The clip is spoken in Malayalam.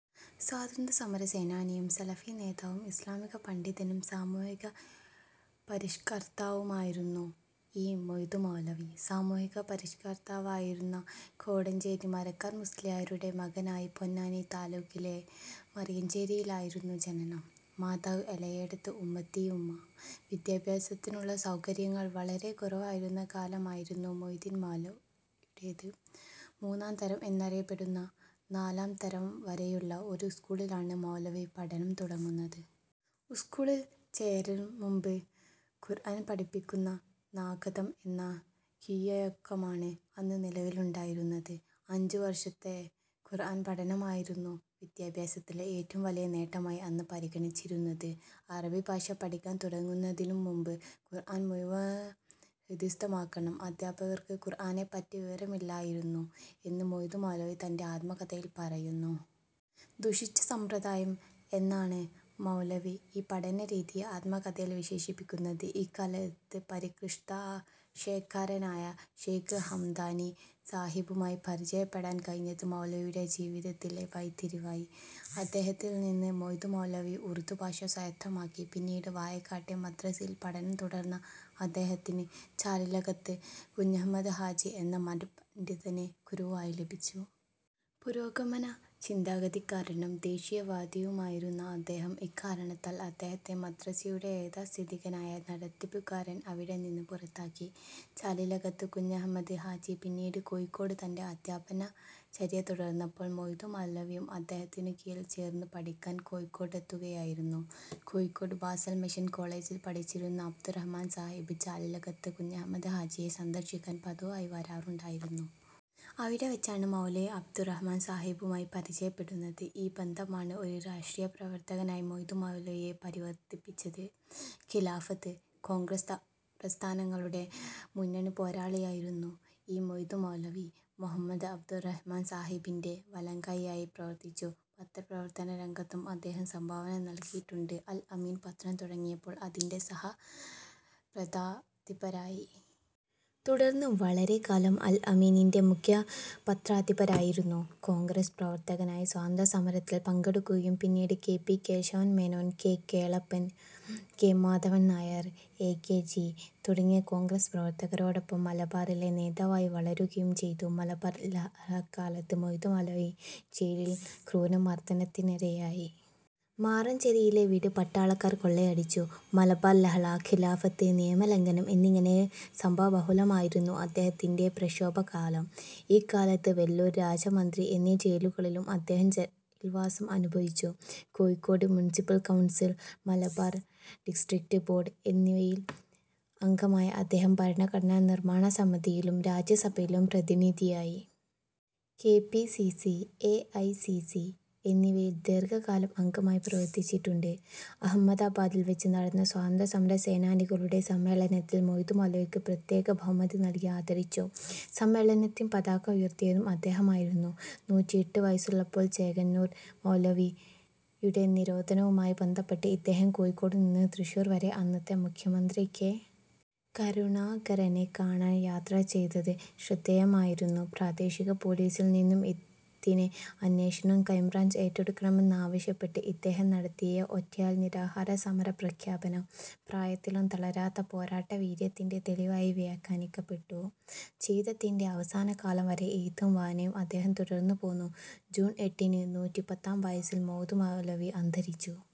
സ്വാതന്ത്ര്യസമര സേനാനിയും സലഫി നേതാവും ഇസ്ലാമിക പണ്ഡിതനും സാമൂഹികപരിഷ്കർത്താവുമായിരുന്നു ഇ. മൊയ്തു മൗലവി. സാമൂഹികപരിഷ്കർത്താവായിരുന്ന കോടഞ്ചേരി മരക്കാർ മുസ്ലിയാരുടെ മകനായി പൊന്നാനി താലൂക്കിലെ മാറഞ്ചേരിയിലായിരുന്നു ജനനം. മാതാവ് എളയേടത്ത് ഉമ്മത്തി ഉമ്മ. വിദ്യാഭ്യാസത്തിനുള്ള സൗകര്യങ്ങൾ വളരെ കുറവായിരുന്ന കാലമായിരുന്നു മൊയ്തു മൗലവിയുടേത്. മൂന്നാം തരം എന്നറിയപ്പെടുന്ന, നാലാം തരം വരെയുള്ള ഒരു സ്കൂളിലാണ് മൗലവി പഠനം തുടങ്ങുന്നത്. സ്കൂളിൽ ചേരും മുൻപ് ഖുർആൻ പഠിപ്പിക്കുന്ന നാഗദം എന്ന കീഴ്വഴക്കമാണ് അന്ന് നിലവിലുണ്ടായിരുന്നത്. അഞ്ചു വർഷത്തെ ഖുർആൻ പഠനമായിരുന്നു വിദ്യാഭ്യാസത്തിലെ ഏറ്റവും വലിയ നേട്ടമായി അന്ന് പരിഗണിച്ചിരുന്നത്. അറബി ഭാഷ പഠിക്കാൻ തുടങ്ങുന്നതിനും മുമ്പ് ഖുർആൻ മുഴുവൻ ഹൃദിസ്ഥമാക്കണം. അദ്ധ്യാപകർക്ക് ഖുർആനെപ്പറ്റി വിവരമില്ലായിരുന്നു എന്ന് മൊയ്തു മൗലവി തൻ്റെ ആത്മകഥയിൽ പറയുന്നു. ദുഷിച്ച സമ്പ്രദായം എന്നാണ് മൗലവി ഈ പഠന രീതിയെ ആത്മകഥയിൽ വിശേഷിപ്പിക്കുന്നത്. ഇക്കാലത്ത് പരിഷ്കൃതാശയക്കാരനായ ശൈഖ് ഹംദാനി സാഹിബുമായി പരിചയപ്പെടാൻ കഴിഞ്ഞത് മൗലവിയുടെ ജീവിതത്തിലെ വഴിത്തിരിവായി. അദ്ദേഹത്തിൽ നിന്ന് മൊയ്തു മൗലവി ഉർദുഭാഷ സ്വായത്തമാക്കി. പിന്നീട് വാഴക്കാട്ടെ മദ്രസ്സയിൽ പഠനം തുടർന്ന അദ്ദേഹത്തിന് ചാലിലകത്ത് കുഞ്ഞഹമ്മദ് ഹാജി എന്ന മത പണ്ഡിതനെ ഗുരുവായി ലഭിച്ചു. പുരോഗമന ചിന്താഗതിക്കാരനും ദേശീയവാദിയുമായിരുന്നു അദ്ദേഹം. ഇക്കാരണത്താൽ അദ്ദേഹത്തെ മദ്രസയുടെ യാഥാസ്ഥിതികനായ നടത്തിപ്പുകാരൻ അവിടെ നിന്ന് പുറത്താക്കി. ചാലിലകത്ത് കുഞ്ഞഹമ്മദ് ഹാജി പിന്നീട് കോഴിക്കോട് തൻ്റെ അധ്യാപന ചര്യ തുടർന്നപ്പോൾ മൊയ്തു മൗലവിയും അദ്ദേഹത്തിനു കീഴിൽ ചേർന്ന് പഠിക്കാൻ കോഴിക്കോട്ടെത്തുകയായിരുന്നു. കോഴിക്കോട് ബാസൽ മിഷൻ കോളേജിൽ പഠിച്ചിരുന്ന അബ്ദുറഹ്മാൻ സാഹിബ് ചാലിലകത്ത് കുഞ്ഞഹമ്മദ് ഹാജിയെ സന്ദർശിക്കാൻ പതിവായി വരാറുണ്ടായിരുന്നു. അവിടെ വെച്ചാണ് മൗലവി അബ്ദുറഹ്മാൻ സാഹിബുമായി പരിചയപ്പെടുന്നത്. ഈ ബന്ധമാണ് ഒരു രാഷ്ട്രീയ പ്രവർത്തകനായി മൊയ്തു മൗലവിയെ പരിവർത്തിപ്പിച്ചത്. ഖിലാഫത്ത്, കോൺഗ്രസ് പ്രസ്ഥാനങ്ങളുടെ മുന്നണിപ്പോരാളിയായിരുന്നു ഇ. മൊയ്തു മൗലവി. മുഹമ്മദ് അബ്ദുൽ റഹിമാൻ സാഹിബിൻ്റെ വലംകൈയായി പ്രവർത്തിച്ചു. പത്രപ്രവർത്തനരംഗത്തും അദ്ദേഹം സംഭാവന നൽകിയിട്ടുണ്ട്. അൽ അമീൻ പത്രം തുടങ്ങിയപ്പോൾ അതിൻ്റെ സഹപത്രാധിപരായി. തുടർന്ന് വളരെക്കാലം അൽ അമീനിൻ്റെ മുഖ്യ പത്രാധിപരായിരുന്നു. കോൺഗ്രസ് പ്രവർത്തകനായി സ്വാതന്ത്ര്യസമരത്തിൽ പങ്കെടുക്കുകയും പിന്നീട് K P Kesavan Menon, K Kelappan, K Madhavan Nair, A K G തുടങ്ങിയ കോൺഗ്രസ് പ്രവർത്തകരോടൊപ്പം മലബാറിലെ നേതാവായി വളരുകയും ചെയ്തു. മലബാർ ലഹളക്കാലത്ത് മൊയ്തുമൗലവി ജയിലിൽ ക്രൂരമർദ്ദനത്തിനിരയായി. മാറഞ്ചേരിയിലെ വീട് പട്ടാളക്കാർ കൊള്ളയടിച്ചു. മലബാർ ലഹള, ഖിലാഫത്ത്, നിയമലംഘനം എന്നിങ്ങനെ സംഭവബഹുലമായിരുന്നു അദ്ദേഹത്തിൻ്റെ പ്രക്ഷോഭകാലം. ഇക്കാലത്ത് വെല്ലൂർ, രാജമന്ത്രി എന്നീ ജയിലുകളിലും അദ്ദേഹം ജയിൽവാസം അനുഭവിച്ചു. Kozhikode municipal council, Malabar district board എന്നിവയിൽ അംഗമായ അദ്ദേഹം ഭരണഘടനാ നിർമ്മാണ സമിതിയിലും രാജ്യസഭയിലും പ്രതിനിധിയായി. K P C C, A I C C എന്നിവയിൽ ദീർഘകാലം അംഗമായി പ്രവർത്തിച്ചിട്ടുണ്ട്. അലഹാബാദിൽ വെച്ച് നടന്ന സ്വാതന്ത്ര്യ സമര സേനാനികളുടെ സമ്മേളനത്തിൽ മൊയ്തുമൗലവിക്ക് പ്രത്യേക ബഹുമതി നൽകി ആദരിച്ചു. സമ്മേളനത്തിന് പതാക ഉയർത്തിയതും അദ്ദേഹമായിരുന്നു. നൂറ്റി എട്ട് വയസ്സുള്ളപ്പോൾ ചേകന്നൂർ മൗലവിയുടെ തിരോധാനവുമായി ബന്ധപ്പെട്ട് ഇദ്ദേഹം കോഴിക്കോട് നിന്ന് തൃശൂർ വരെ അന്നത്തെ മുഖ്യമന്ത്രി കെ. കരുണാകരനെ കാണാൻ യാത്ര ചെയ്തത് ശ്രദ്ധേയമായിരുന്നു. പ്രാദേശിക പോലീസിൽ നിന്നും ഇതിൻ്റെ അന്വേഷണം ക്രൈം ബ്രാഞ്ച് ഏറ്റെടുക്കണമെന്ന് ആവശ്യപ്പെട്ട് ഇദ്ദേഹം നടത്തിയ ഒറ്റയാൾ നിരാഹാര സമര പ്രഖ്യാപനം പ്രായത്തിലും തളരാത്ത പോരാട്ട വീര്യത്തിൻ്റെ തെളിവായി വ്യാഖ്യാനിക്കപ്പെട്ടു. ജീവിതത്തിൻ്റെ അവസാന കാലം വരെ എഴുത്തും വായനയും അദ്ദേഹം തുടർന്നു പോന്നു. ജൂൺ എട്ടിന്, നൂറ്റി പത്താം വയസ്സിൽ മൊയ്തു മൗലവി അന്തരിച്ചു.